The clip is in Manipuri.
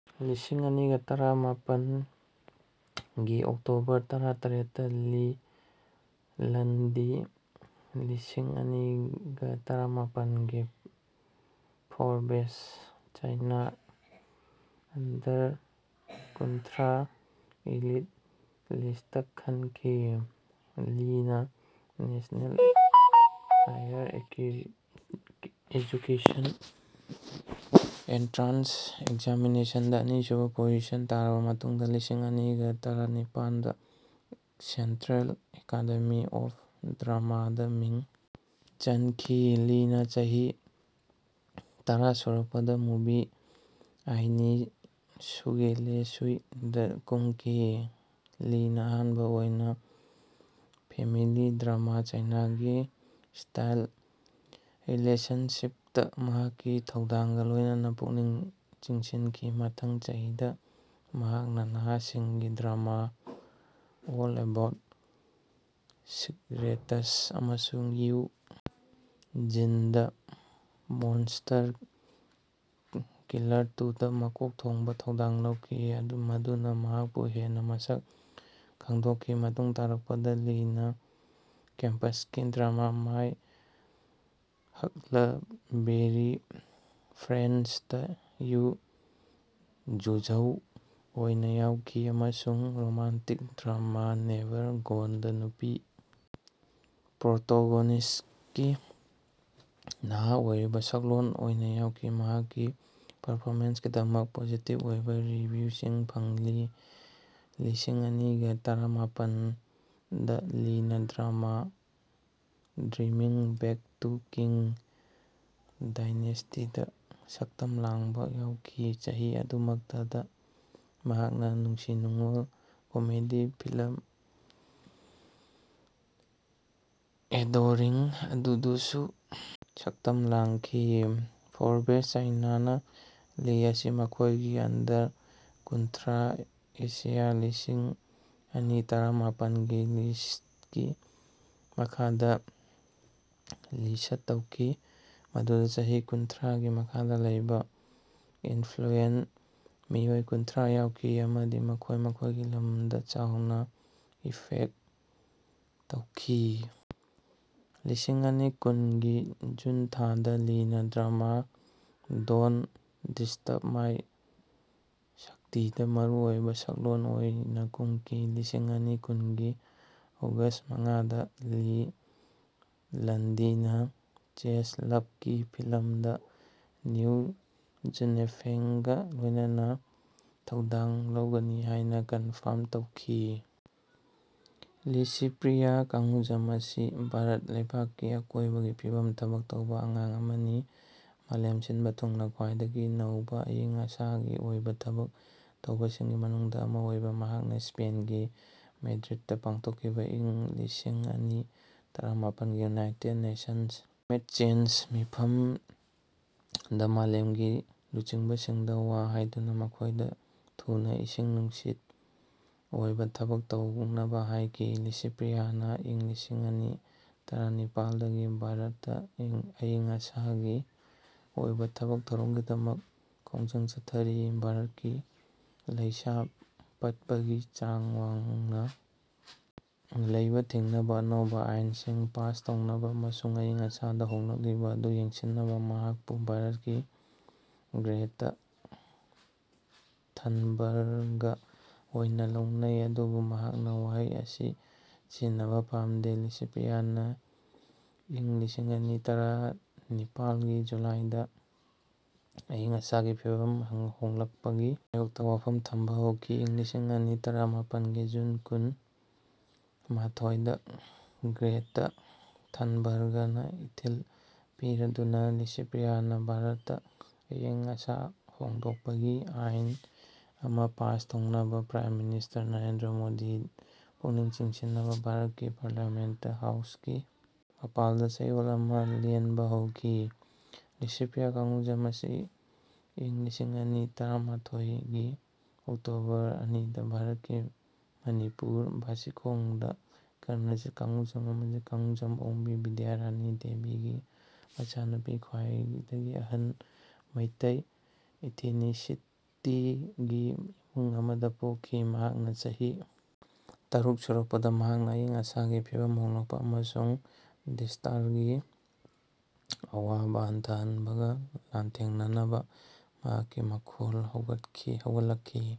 ꯂꯤꯁꯤꯡꯑꯅꯤꯒ ꯇꯔꯥꯃꯥꯄꯟꯒꯤ ꯑꯣꯛꯇꯣꯕꯔ ꯇꯔꯥꯇꯔꯦꯠꯇ ꯂꯤ ꯂꯟꯗꯤ ꯂꯤꯁꯤꯡꯑꯅꯤꯒ ꯇꯔꯥꯃꯥꯄꯟꯒꯤ ꯐꯣꯔꯕꯦꯁ ꯆꯥꯏꯅꯥ ꯑꯟꯗꯔ ꯀꯨꯟꯊ꯭ꯔꯥ ꯏꯂꯤꯠ ꯂꯤꯁꯠꯇ ꯈꯟꯈꯤ꯫ ꯂꯤꯅꯥ ꯅꯦꯁꯅꯦꯜ ꯍꯥꯏꯌꯔ ꯑꯦꯖꯨꯀꯦꯁꯟ ꯑꯦꯟꯇ꯭ꯔꯥꯟꯁ ꯑꯦꯛꯖꯥꯃꯤꯅꯦꯁꯟꯗ ꯑꯅꯤꯁꯨꯕ ꯄꯣꯖꯤꯁꯟ ꯇꯥꯔꯕ ꯃꯇꯨꯡꯗ ꯂꯤꯁꯤꯡ ꯑꯅꯤꯒ ꯇꯔꯥꯅꯤꯄꯥꯟꯗ ꯁꯦꯟꯇ꯭ꯔꯦꯜ ꯑꯦꯀꯥꯗꯦꯃꯤ ꯑꯣꯐ ꯗ꯭ꯔꯃꯥꯗ ꯃꯤꯡ ꯆꯟꯈꯤ꯫ ꯂꯤꯅꯥ ꯆꯍꯤ ꯇꯔꯥ ꯁꯨꯔꯛꯄꯗ ꯃꯨꯚꯤ ꯑꯥꯏꯅꯤ ꯁꯨꯒꯦꯂꯦꯁꯨꯏ ꯗ ꯀꯨꯝꯈꯤ꯫ ꯂꯤꯅ ꯑꯍꯥꯟꯕ ꯑꯣꯏꯅ ꯐꯦꯃꯤꯂꯤ ꯗ꯭ꯔꯃꯥ ꯆꯥꯏꯅꯥꯒꯤ ꯁ꯭ꯇꯥꯏꯜ ꯔꯤꯂꯦꯁꯟꯁꯤꯞꯇ ꯃꯍꯥꯛꯀꯤ ꯊꯧꯗꯥꯡꯒ ꯂꯣꯏꯅꯅ ꯄꯨꯛꯅꯤꯡ ꯆꯤꯡꯁꯤꯟꯈꯤ꯫ ꯃꯊꯪꯒꯤ ꯆꯍꯤꯗ ꯃꯍꯥꯛꯅ ꯅꯍꯥꯁꯤꯡꯒꯤ ꯗ꯭ꯔꯃꯥ ꯑꯣꯜ ꯑꯦꯕꯥꯎꯠ ꯁꯤꯛꯔꯦꯇꯁ ꯑꯃꯁꯨꯡ Woo Jin: the monster killer to the ꯃꯀꯣꯛ ꯊꯣꯡꯕ ꯊꯧꯗꯥꯡ ꯂꯧꯈꯤ꯫ ꯃꯗꯨꯅ ꯃꯍꯥꯛꯄꯨ ꯍꯦꯟꯅ ꯃꯁꯛ ꯈꯪꯗꯣꯛꯈꯤ꯫ ꯃꯇꯨꯡ ꯇꯥꯔꯛꯄꯗ ꯂꯤꯅ ꯀꯦꯝꯄꯁꯀꯤ ꯗ꯭ꯔꯃꯥ ꯃꯥꯏ ꯍꯛꯂꯕꯦꯔꯤ ꯐ꯭ꯔꯦꯟꯗꯁꯇ ꯌꯨ ꯓꯨꯖꯧ ꯑꯣꯏꯅ ꯌꯥꯎꯈꯤ, ꯑꯃꯁꯨꯡ ꯔꯣꯃꯥꯟꯇꯤꯛ ꯗ꯭ꯔꯃꯥ ꯅꯦꯚꯔ ꯒꯣꯟꯗ ꯅꯨꯄꯤ ꯄ꯭ꯔꯣꯇꯣꯒꯣꯅꯤꯁ꯭ꯇꯀꯤ ꯅꯍꯥ ꯑꯣꯏꯔꯤꯕ ꯁꯛꯂꯣꯟ ꯑꯣꯏꯅ ꯌꯥꯎꯈꯤ꯫ ꯃꯍꯥꯛꯀꯤ ꯄꯔꯐꯣꯃꯦꯟꯁꯀꯤꯗꯃꯛ ꯄꯣꯖꯤꯇꯤꯕ ꯑꯣꯏꯕ ꯔꯤꯚꯤꯌꯨꯁꯤꯡ ꯐꯪꯂꯤ꯫ ꯂꯤꯁꯤꯡꯑꯅꯤꯒ ꯇꯔꯥꯃꯥꯄꯟꯗ ꯂꯤꯅ drama dreaming back to king ꯗꯥꯏꯅꯦꯁ꯭ꯇꯤꯗ ꯁꯛꯇꯝ ꯂꯥꯡꯕ ꯌꯥꯎꯈꯤ꯫ ꯆꯍꯤ ꯑꯗꯨꯃꯛꯇꯗ ꯃꯍꯥꯛꯅ ꯅꯨꯡꯁꯤ ꯅꯨꯡꯉꯣꯜ ꯀꯣꯃꯦꯗꯤ ꯐꯤꯜꯝ ꯑꯦꯗꯣꯔꯤꯡ ꯗꯁꯨ ꯁꯛꯇꯝ ꯂꯥꯡꯈꯤ꯫ ꯐꯣꯔꯕꯦꯁ ꯆꯥꯏꯅꯥꯅ ꯂꯤ ꯑꯁꯤ ꯃꯈꯣꯏꯒꯤ ꯑꯟꯗꯔ ꯀꯨꯟꯊ꯭ꯔꯥ ꯑꯦꯁꯤꯌꯥ ꯂꯤꯁꯤꯡ ꯑꯅꯤ ꯇꯔꯥꯃꯥꯄꯟꯒꯤ ꯂꯤꯁ꯭ꯠꯀꯤ ꯃꯈꯥꯗ ꯂꯤꯁ꯭ꯠ ꯇꯧꯈꯤ ꯃꯗꯨꯗ ꯆꯍꯤ ꯀꯨꯟꯊ꯭ꯔꯥꯒꯤ ꯃꯈꯥꯗ ꯂꯩꯕ ꯏꯟꯐ꯭ꯂꯨꯑꯦꯟꯇ ꯃꯤꯑꯣꯏ ꯀꯨꯟꯊ꯭ꯔꯥ ꯌꯥꯎꯈꯤ ꯑꯃꯗꯤ ꯃꯈꯣꯏꯅ ꯃꯈꯣꯏꯒꯤ ꯂꯝꯗ ꯆꯥꯎꯅ ꯏꯐꯦꯛꯠ ꯇꯧꯈꯤ꯫ ꯂꯤꯁꯤꯡꯑꯅꯤ ꯀꯨꯟꯒꯤ ꯖꯨꯟ ꯊꯥꯗ ꯂꯤꯅ ꯗ꯭ꯔꯃꯥ ꯗꯣꯟꯠ ꯗꯤꯁꯇ꯭ꯔꯕ ꯃꯥꯏ ꯁ꯭ꯇꯗꯤꯗ ꯃꯔꯨꯑꯣꯏꯕ ꯁꯛꯂꯣꯟ ꯑꯣꯏꯅ ꯀꯨꯝꯈꯤ꯫ ꯂꯤꯁꯤꯡ ꯑꯅꯤ ꯀꯨꯟꯒꯤ ꯑꯣꯒꯁ꯭ꯠ ꯃꯉꯥꯗ ꯂꯤ ꯂꯟꯗꯤꯅ ꯆꯦꯁ ꯂꯚ ꯒꯤ ꯐꯤꯜꯝꯗ ꯅꯤꯎ ꯖꯨꯅꯐꯦꯡꯒ ꯂꯣꯏꯅꯅ ꯊꯧꯗꯥꯡ ꯂꯧꯒꯅꯤ ꯍꯥꯏꯅ ꯀꯟꯐꯥꯔ꯭ꯝ ꯇꯧꯈꯤ꯫ ꯂꯤꯁꯤꯄ꯭ꯔꯤꯌꯥ ꯀꯡꯒꯨꯖꯝ ꯑꯁꯤ ꯚꯥꯔꯠ ꯂꯩꯄꯥꯛꯀꯤ ꯑꯀꯣꯏꯕꯒꯤ ꯐꯤꯚꯝꯗ ꯊꯕꯛ ꯇꯧꯕ ꯑꯉꯥꯡ ꯑꯃꯅꯤ꯫ ꯃꯥꯂꯦꯝ ꯁꯤꯟꯕ ꯊꯨꯡꯅ ꯈ꯭ꯋꯥꯏꯗꯒꯤ ꯅꯧꯕ ꯑꯏꯪ ꯑꯁꯥꯒꯤ ꯑꯣꯏꯕ ꯊꯕꯛ ꯇꯧꯕꯁꯤꯡꯒꯤ ꯃꯅꯨꯡꯗ ꯑꯃ ꯑꯣꯏꯔꯤꯕ ꯃꯍꯥꯛꯅ ꯁ꯭ꯄꯦꯟꯒꯤ ꯃꯦꯗ꯭ꯔꯤꯗꯇ ꯄꯥꯡꯊꯣꯛꯈꯤꯕ ꯏꯪ ꯂꯤꯁꯤꯡꯑꯅꯤ ꯇꯔꯥꯃꯥꯄꯟꯒꯤ ꯌꯨꯅꯥꯏꯇꯦꯗ ꯅꯦꯁꯟ꯭ꯁ ꯀ꯭ꯂꯥꯏꯃꯦꯠ ꯆꯦꯟꯖ ꯃꯤꯐꯝꯗ ꯃꯥꯂꯦꯝꯒꯤ ꯂꯨꯆꯤꯡꯕꯁꯤꯡꯗ ꯋꯥ ꯍꯥꯏꯗꯨꯅ ꯃꯈꯣꯏꯗ ꯊꯨꯅ ꯏꯁꯤꯡ ꯅꯨꯡꯁꯤꯠꯀꯤ ꯑꯣꯏꯕ ꯊꯕꯛ ꯇꯧꯅꯕ ꯍꯥꯏꯈꯤ꯫ ꯂꯤꯁꯤꯄ꯭ꯔꯤꯌꯥꯅ ꯏꯪ ꯂꯤꯁꯤꯡꯑꯅꯤ ꯇꯔꯥꯅꯤꯄꯥꯥꯜ ꯗꯒꯤ ꯚꯥꯔꯠꯇ ꯑꯏꯪ ꯑꯁꯥꯒꯤ ꯑꯣꯏꯕ ꯊꯕꯛ ꯊꯧꯔꯝꯒꯤꯗꯃꯛ ꯈꯣꯡꯖꯪ ꯆꯠꯊꯔꯤ, ꯚꯥꯔꯠꯀꯤ ꯂꯩꯁꯥ ꯄꯠꯄꯒꯤ ꯆꯥꯡ ꯋꯥꯡꯅ ꯂꯩꯕ ꯊꯤꯡꯅꯕ ꯑꯅꯧꯕ ꯑꯥꯏꯟꯁꯤꯡ ꯄꯥꯁ ꯇꯧꯅꯕ, ꯑꯃꯁꯨꯡ ꯑꯏꯪ ꯑꯁꯥꯗ ꯍꯣꯡꯂꯛꯂꯤꯕ ꯑꯗꯨ ꯌꯦꯡꯁꯤꯟꯅꯕ꯫ ꯃꯍꯥꯛꯄꯨ ꯚꯥꯔꯠꯀꯤ ꯒ꯭ꯔꯦꯇꯥ ꯊꯟꯕꯔ꯭ꯒ ꯑꯣꯏꯅ ꯂꯧꯅꯩ, ꯑꯗꯨꯕꯨ ꯃꯍꯥꯛꯅ ꯋꯥꯍꯩ ꯑꯁꯤ ꯁꯤꯖꯤꯟꯅꯕ ꯄꯥꯝꯗꯦ꯫ ꯂꯤꯁꯤꯄ꯭ꯔꯤꯌꯥꯅ ꯏꯪ ꯂꯤꯁꯤꯡꯑꯅꯤ ꯇꯔꯥꯅꯤꯄꯥꯜꯒꯤ ꯖꯨꯂꯥꯏꯗ ꯑꯏꯪ ꯑꯁꯥꯒꯤ ꯐꯤꯚꯝ ꯍꯣꯡꯂꯛꯄꯒꯤ ꯃꯥꯌꯣꯛꯇ ꯋꯥꯐꯝ ꯊꯝꯕ ꯍꯧꯈꯤ꯫ ꯏꯪ ꯂꯤꯁꯤꯡꯑꯅꯤ ꯇꯔꯥꯃꯥꯄꯟꯒꯤ ꯖꯨꯟ ꯀꯨꯟ - ꯃꯥꯊꯣꯏꯗ ꯒ꯭ꯔꯦꯇꯥ ꯊꯟꯕꯔ꯭ꯒꯅ ꯏꯊꯤꯜ ꯄꯤꯔꯗꯨꯅ ꯂꯤꯁꯤꯄ꯭ꯔꯤꯌꯥꯅ ꯚꯥꯔꯠꯇ ꯑꯏꯪ ꯑꯁꯥ ꯍꯣꯡꯗꯣꯛꯄꯒꯤ ꯑꯥꯏꯟ ꯑꯃ ꯄꯥꯁ ꯇꯧꯅꯕ ꯄ꯭ꯔꯥꯏꯝ ꯃꯤꯅꯤꯁꯇꯔ ꯅꯔꯦꯟꯗ꯭ꯔ ꯃꯣꯗꯤ ꯄꯨꯛꯅꯤꯡ ꯆꯤꯡꯁꯤꯟꯅꯕ ꯚꯥꯔꯠꯀꯤ ꯄꯥꯔꯂꯤꯌꯥꯃꯦꯟ꯭ꯇ ꯍꯥꯎꯁꯀꯤ ꯃꯄꯥꯟꯗ ꯆꯌꯣꯜ ꯑꯃ ꯂꯦꯟꯕ ꯍꯧꯈꯤ꯫ ꯂꯤꯁꯤꯄ꯭ꯔꯤꯌꯥ ꯀꯡꯒꯨꯖꯝ ꯑꯁꯤ ꯏꯪ ꯂꯤꯁꯤꯡꯑꯅꯤ ꯇꯔꯥꯃꯥꯊꯣꯏꯒꯤ ꯑꯣꯛꯇꯣꯕꯔ ꯑꯅꯤꯗ ꯚꯥꯔꯠꯀꯤ ꯃꯅꯤꯄꯨꯔ ꯕꯥꯁꯤꯈꯣꯡꯗ, ꯀꯅꯔꯖꯤꯠ ꯀꯡꯒꯨꯖꯥꯝ ꯑꯃꯁꯨꯡ ꯀꯡꯒꯨꯖꯝ ꯑꯣꯡꯕꯤ ꯕꯤꯗ꯭ꯌꯥꯔꯥꯅꯤ ꯗꯦꯕꯤꯒꯤ ꯃꯆꯥꯅꯨꯄꯤ ꯈ꯭ꯋꯥꯏꯗꯒꯤ ꯑꯍꯟ, ꯃꯩꯇꯩ ꯏꯊꯤꯅꯤꯁꯤꯇꯤꯒꯤ ꯏꯃꯨꯡ ꯑꯃꯗ ꯄꯣꯛꯈꯤ꯫ ꯃꯍꯥꯛꯅ ꯆꯍꯤ ꯇꯔꯨꯛ ꯁꯨꯔꯛꯄꯗ ꯃꯍꯥꯛꯅ ꯑꯏꯪ ꯑꯁꯥꯒꯤ ꯐꯤꯚꯝ ꯍꯣꯡꯂꯛꯄ ꯑꯃꯁꯨꯡ ꯗꯤꯁ꯭ꯇꯥꯔꯒꯤ ꯑꯋꯥꯕ ꯍꯟꯊꯍꯟꯕꯒ ꯂꯥꯟꯊꯦꯡꯅꯅꯕ ꯃꯍꯥꯛꯀꯤ ꯃꯈꯣꯜ ꯍꯧꯒꯠꯂꯛꯈꯤ꯫